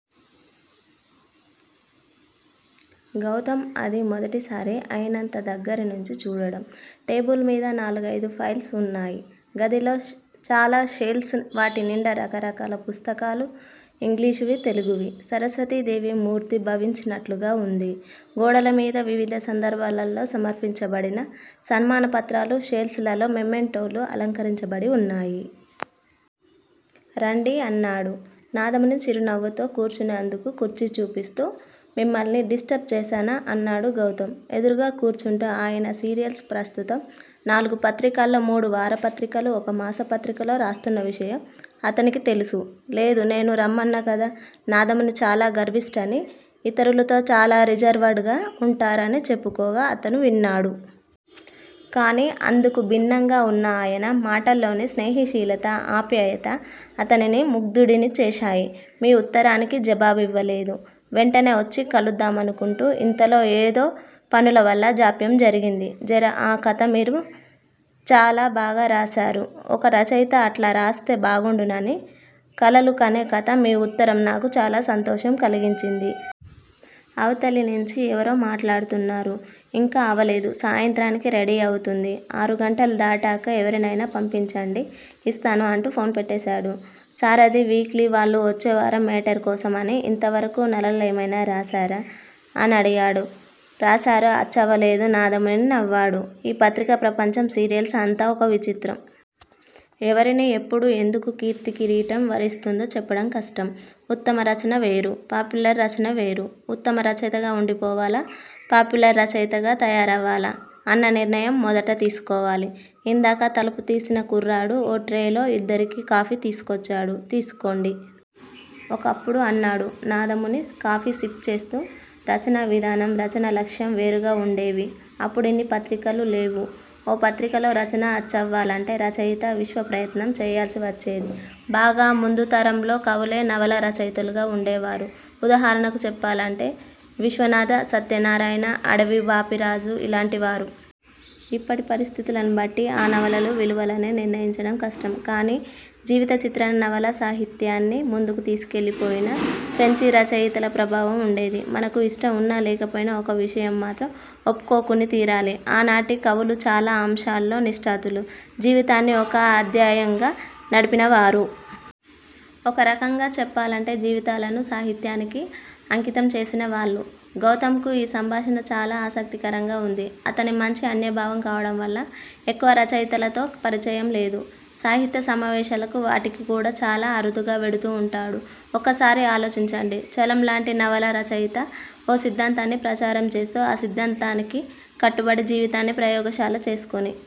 గౌతమ్ అది మొదటిసారి ఆయన్నంత దగ్గరినుంచి చూడడం. టేబుల్ మీద నాలుగయిదు ఫైల్స్ ఉన్నాయి. గదిలో చాలా షెల్స్. వాటినిండా రకరకాల పుస్తకాలు యింగ్లీషువీ, తెలుగువీ సరస్వతీదేవి మూర్తీ భవించినట్లుగా వుంది. గోడలమీద వివిధ సందర్భాలల్లో సమర్పించబడిన సన్మానపత్రాలు, షెల్స్ లలో మెమెంటోలు అలంకరించబడిఉన్నాయి. రండి అన్నాడు నాదముని చిరునవ్వుతో కూర్చునేందుకు కుర్చీచూపిస్తూ. మిమ్మల్ని డిస్టర్బ్ చేశానా? అన్నాడు గౌతమ్ ఎదురుగా కూర్చుంటూ. అయన సీరియల్స్ ప్రస్తుతం నాలుగు పత్రికల్లో, మూడువారపత్రికలు. ఒక మాసపత్రికలో రాస్తున్న విషయం అతనికి తెలుసు. లేదు. నేను రమ్మన్నకదా. నాదముని చాలా గర్విష్టి అనీ, యితరులతో చాలా రిజర్వడ్ గా వుంటారని చెప్పుకోగా అతను విన్నాడు. కాని అందుకుభిన్నంగా ఉన్న అయన మాటల్లోని స్నేహిశీలత ఆప్యాయత అతనిని ముగ్దుడిని చేశాయి. మీ ఉత్తరానికి జావాబివ్వలేదు వెంటనే వొచ్చి కలుద్దామానుకుంటూ ఇంతలో ఏదో పనులవల్ల జాప్యం జరిగింది. 'జర' ఆ కథ మీరు చాలా బాగారాశారు. ఒక రచయితా అట్లారాస్తే బాగుండునని కలలుకనే కథ మీ ఉత్తరం నాకు చాలాసంతోషం కలిగించింది. అవతలినించి ఎవరో మాట్లాడుతున్నారు. ఇంకా అవలేదు, సాయంత్రానికి రెడీఅవుతుంది. ఆరు గంటలు దాటాక ఎవరినయినా పంపించండి యిస్తాను అంటూ ఫోన్ పెట్టెశాడు. సారధి వీక్లీ వాళ్ళు వొచ్చేవారం మేటర్ కోసం _ అని, యింతవరకూ నలలలేమైనా రాశారా? అనడిగాడు. రాశాను అచ్చవలేదు? నాదముని నవ్వాడు. ఈ పత్రికా ప్రపంచం సీరియల్స్ అంతా ఒక విచిత్రం. ఎవరిని ఎప్పుడు ఎందుకు కీర్తీ కిరీటం వరిస్తుందో చెప్పటంకష్టం ఉత్తమ రచన వేరు. పాప్యులర్ రచన వేరు. ఉత్తమ రచయితగా వుండి పోవాలా? పాప్యులర్ రచయితగా తయారవాలా అన్న నిర్ణయం మొదట తీసుకోవాలి. ఇందాక తలుపుతీసిన కుర్రాడు ఓ ట్రేలో యిద్దరికీ కాఫీ తీసుకొచ్చాడు. తీసుకొండి. ఒకప్పుడు అన్నాడు నాదముని కాఫీ సిఫ్ చేస్తూ రచనా విధానం, రచనా లక్ష్యం వేరుగావుండేవి. అప్పుడిన్ని పత్రికలూ లేవు. ఓ పత్రికలో రచన అచ్చవ్వలంటే రచయితా విశ్వప్రయత్నం చేయాల్సివచ్చేది. బాగా ముందుతరంలో కవులే నవలా రచయితలుగా వుండేవారు. ఉదాహరణకు చెప్పాలంటే విశ్వనాథ సత్యనారాయణ, అడవి బాపిరాజు ఇలాంటి వారు. ఇప్పటి పరిస్థతులనుబట్టి ఆ నవలలు విలువలని నిర్ణయించడం కష్టం. కానీ జీవిత చిత్రణ నవలా సాహిత్యాన్ని ముందుకు తీసుకెళ్ళిపోయిన ఫ్రెంచి రచయితల ప్రభావం వుండేది. మనకు యిష్టంవున్నా, లేకపోయినా ఒక విషయం మాత్రం ఒప్పుకోకునితీరాలి. ఆనాటి కవులు చాలా అంశాల్లో నిష్టాతులు, జీవితాన్ని ఒక అధ్యయంగా నడిపినవారు. ఒక రకంగా చెప్పాలంటే జీవితాలను సాహిత్యానికి అంకితంచేసిన వాళ్ళు. గౌతమ్ కు యీ సంబాషణ చాలా ఆసక్తికరంగా వుంది. అతని మంచి అన్యభావం కావటంవల్ల ఎక్కువగా రచయితలతో పరిచయం లేదు. సాహిత్య సమావేశాలకూ వాటికి కూడా చాలా అరుదుగా వెడుతూ వుంటాడు. ఒక్కసారి ఆలోచించండి. చలంలాంటి నవలా రచయితా ఓ సిద్దాంతాన్ని ప్రచారం చేస్తూ ఆ సిద్దాంతానికి కట్టుబడి జీవితాన్ని ప్రయోగషాల చేసుకుని.